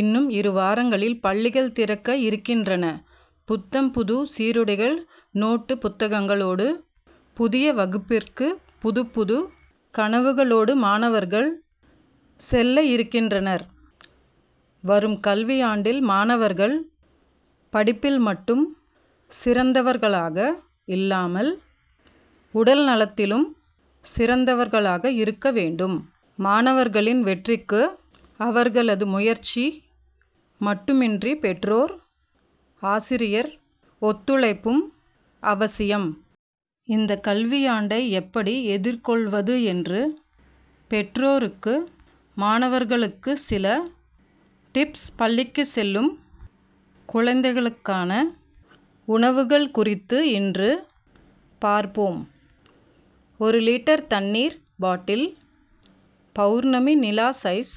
இன்னும் இரு வாரங்களில் பள்ளிகள் திறக்க இருக்கின்றன. புத்தும் புது சீருடைகள் நோட்டு புத்தகங்களோடு புதிய வகுப்பிற்கு புதுப்புது கனவுகளோடு மாணவர்கள் செல்ல இருக்கின்றனர். வரும் கல்வியாண்டில் மாணவர்கள் படிப்பில் மட்டும் சிறந்தவர்களாக இல்லாமல் உடல்நலத்திலும் சிறந்தவர்களாக இருக்க வேண்டும். மாணவர்களின் வெற்றிக்கு அவர்களது முயற்சி மட்டுமின்றி பெற்றோர் ஆசிரியர் ஒத்துழைப்பும் அவசியம். இந்த கல்வியாண்டை எப்படி எதிர்கொள்வது என்று பெற்றோருக்கு மாணவர்களுக்கு சில டிப்ஸ் பள்ளிக்கு செல்லும் குழந்தைகளுக்கான உணவுகள் குறித்து இன்று பார்ப்போம். ஒரு லிட்டர் தண்ணீர் பாட்டில் பவுர்ணமி நிலா சைஸ்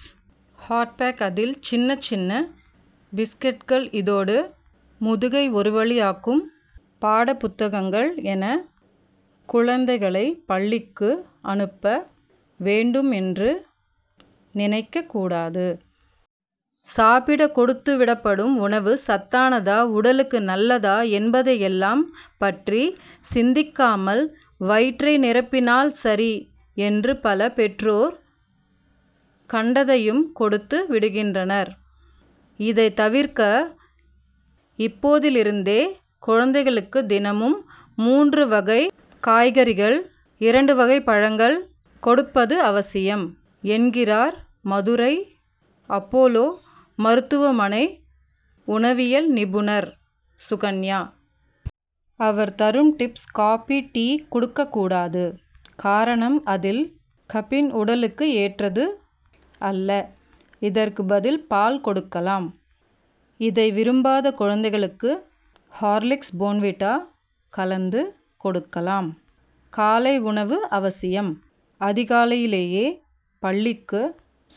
ஹாட்பேக் அதில் சின்ன சின்ன பிஸ்கட்கள் இதோடு முதுகை ஒருவழியாக்கும் பாடப்புத்தகங்கள் என குழந்தைகளை பள்ளிக்கு அனுப்ப வேண்டும் என்று நினைக்க கூடாது. சாப்பிட கொடுத்துவிடப்படும் உணவு சத்தானதா உடலுக்கு நல்லதா என்பதையெல்லாம் பற்றி சிந்திக்காமல் வயிற்றை நிரப்பினால் சரி என்று பல பெற்றோர் கண்டதையும் கொடுத்து விடுகின்றனர். இதை தவிர்க்க இப்போதிலிருந்தே குழந்தைகளுக்கு தினமும் மூன்று வகை காய்கறிகள் இரண்டு வகை பழங்கள் கொடுப்பது அவசியம் என்கிறார் மதுரை அப்போலோ மருத்துவமனை உணவியல் நிபுணர் சுகன்யா. அவர் தரும் டிப்ஸ் காபி டீ கொடுக்கக்கூடாது. காரணம் அதில் கபின் உடலுக்கு ஏற்றது அல்ல. இதற்கு பதில் பால் கொடுக்கலாம். இதை விரும்பாத குழந்தைகளுக்கு ஹார்லிக்ஸ் போன்விட்டா கலந்து கொடுக்கலாம். காலை உணவு அவசியம். அதிகாலையிலேயே பள்ளிக்கு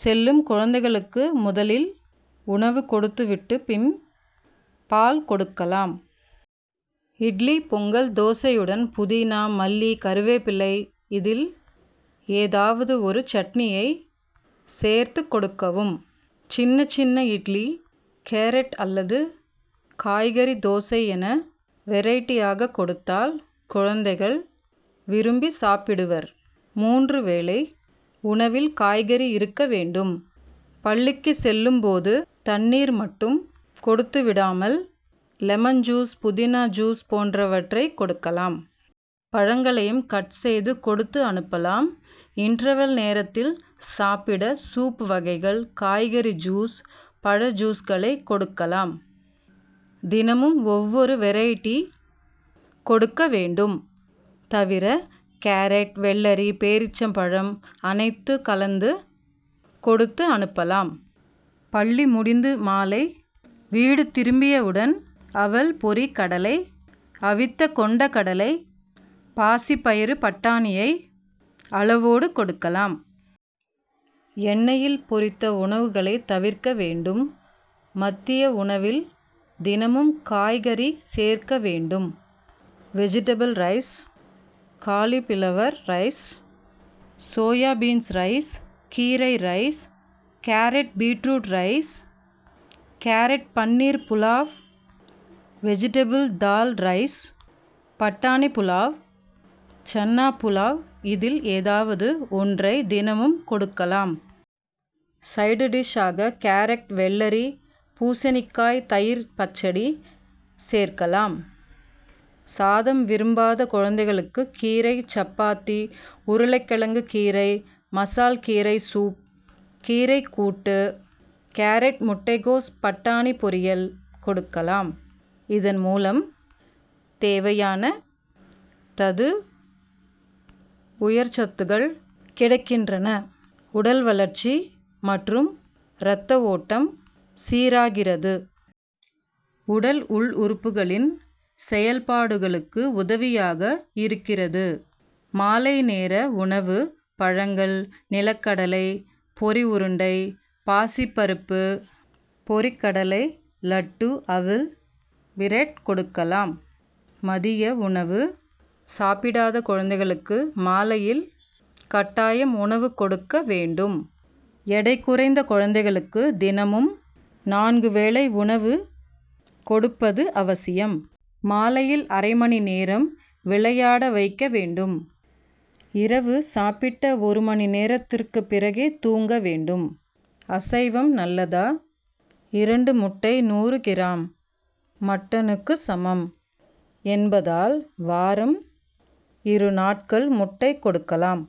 செல்லும் குழந்தைக்கு முதலில் உணவு கொடுத்துவிட்டு பின் பால் கொடுக்கலாம். இட்லி பொங்கல் தோசையுடன் புதினா மல்லி கறிவேப்பிலை இதில் ஏதாவது ஒரு சட்னியை சேர்த்துக் கொடுக்கவும். சின்ன சின்ன இட்லி கேரட் அல்லது காய்கறி தோசை என வெரைட்டியாக கொடுத்தால் குழந்தைகள் விரும்பி சாப்பிடுவர். மூன்று வேளை உணவில் காய்கறி இருக்க வேண்டும். பள்ளிக்கு செல்லும் போது தண்ணீர் மட்டும் கொடுத்துவிடாமல் லெமன் ஜூஸ் புதினா ஜூஸ் போன்றவற்றை கொடுக்கலாம். பழங்களையும் கட் செய்து கொடுத்து அனுப்பலாம். இன்டர்வெல் நேரத்தில் சாப்பிட சூப் வகைகள் காய்கறி ஜூஸ் பழ ஜூஸ்களை கொடுக்கலாம். தினமும் ஒவ்வொரு வெரைட்டி கொடுக்க வேண்டும். தவிர கேரட் வெள்ளரி பேரீச்சம் பழம் அனைத்து கலந்து கொடுத்து அனுப்பலாம். பள்ளி முடிந்து மாலை வீடு திரும்பியவுடன் அவல் பொரி கடலை அவித்த கொண்டைக்கடலை பாசிப்பயறு பட்டாணியை அளவோடு கொடுக்கலாம். எண்ணெய்யில் பொரித்த உணவுகளை தவிர்க்க வேண்டும். மதிய உணவில் தினமும் காய்கறி சேர்க்க வேண்டும். Vegetable rice cauliflower rice soybeans rice கீரை rice carrot beetroot rice carrot paneer pulao vegetable dal rice பட்டாணி புலாவ் சன்னா புலாவ் இதில் ஏதாவது ஒன்றை தினமும் கொடுக்கலாம். சைடு டிஷ் ஆக கேரட் வெள்ளரி பூசணிக்காய் தயிர் பச்சடி சேர்க்கலாம். சாதம் விரும்பாத குழந்தைகளுக்கு கீரை சப்பாத்தி உருளைகிழங்கு கீரை மசால் கீரை சூப் கீரை கூட்டு கேரட் முட்டைகோஸ் பட்டாணி பொரியல் கொடுக்கலாம். இதன்மூலம் தேவையான தாது உயிர்ச்சத்துகள் கிடைக்கின்றன. உடல் வளர்ச்சி மற்றும் ரத்த ஓட்டம் சீராகிறது. உடல் உள் உறுப்புகளின் செயல்பாடுகளுக்கு உதவியாக இருக்கிறது. மாலை நேர உணவு பழங்கள் நிலக்கடலை பொரி உருண்டை பாசி பருப்பு பொரி கடலை லட்டு அவல் பிரட் கொடுக்கலாம். மதிய உணவு சாப்பிடாத குழந்தைகளுக்கு மாலையில் கட்டாயம் உணவு கொடுக்க வேண்டும். எடை குறைந்த குழந்தைகளுக்கு தினமும் நான்கு வேளை உணவு கொடுப்பது அவசியம். மாலையில் அரைமணி நேரம் விளையாட வைக்க வேண்டும். இரவு சாப்பிட்ட ஒரு மணி நேரத்திற்கு பிறகே தூங்க வேண்டும். அசைவம் நல்லதா இரண்டு முட்டை நூறு கிராம் மட்டனுக்கு சமம் என்பதால் வாரம் இரு நாட்கள் முட்டை கொடுக்கலாம்.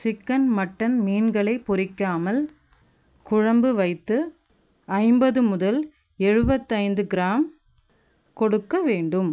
சிக்கன் மட்டன் மீன்களை பொறிக்காமல் குழம்பு வைத்து ஐம்பது முதல் எழுபத்தைந்து கிராம் கொடுக்க வேண்டும்.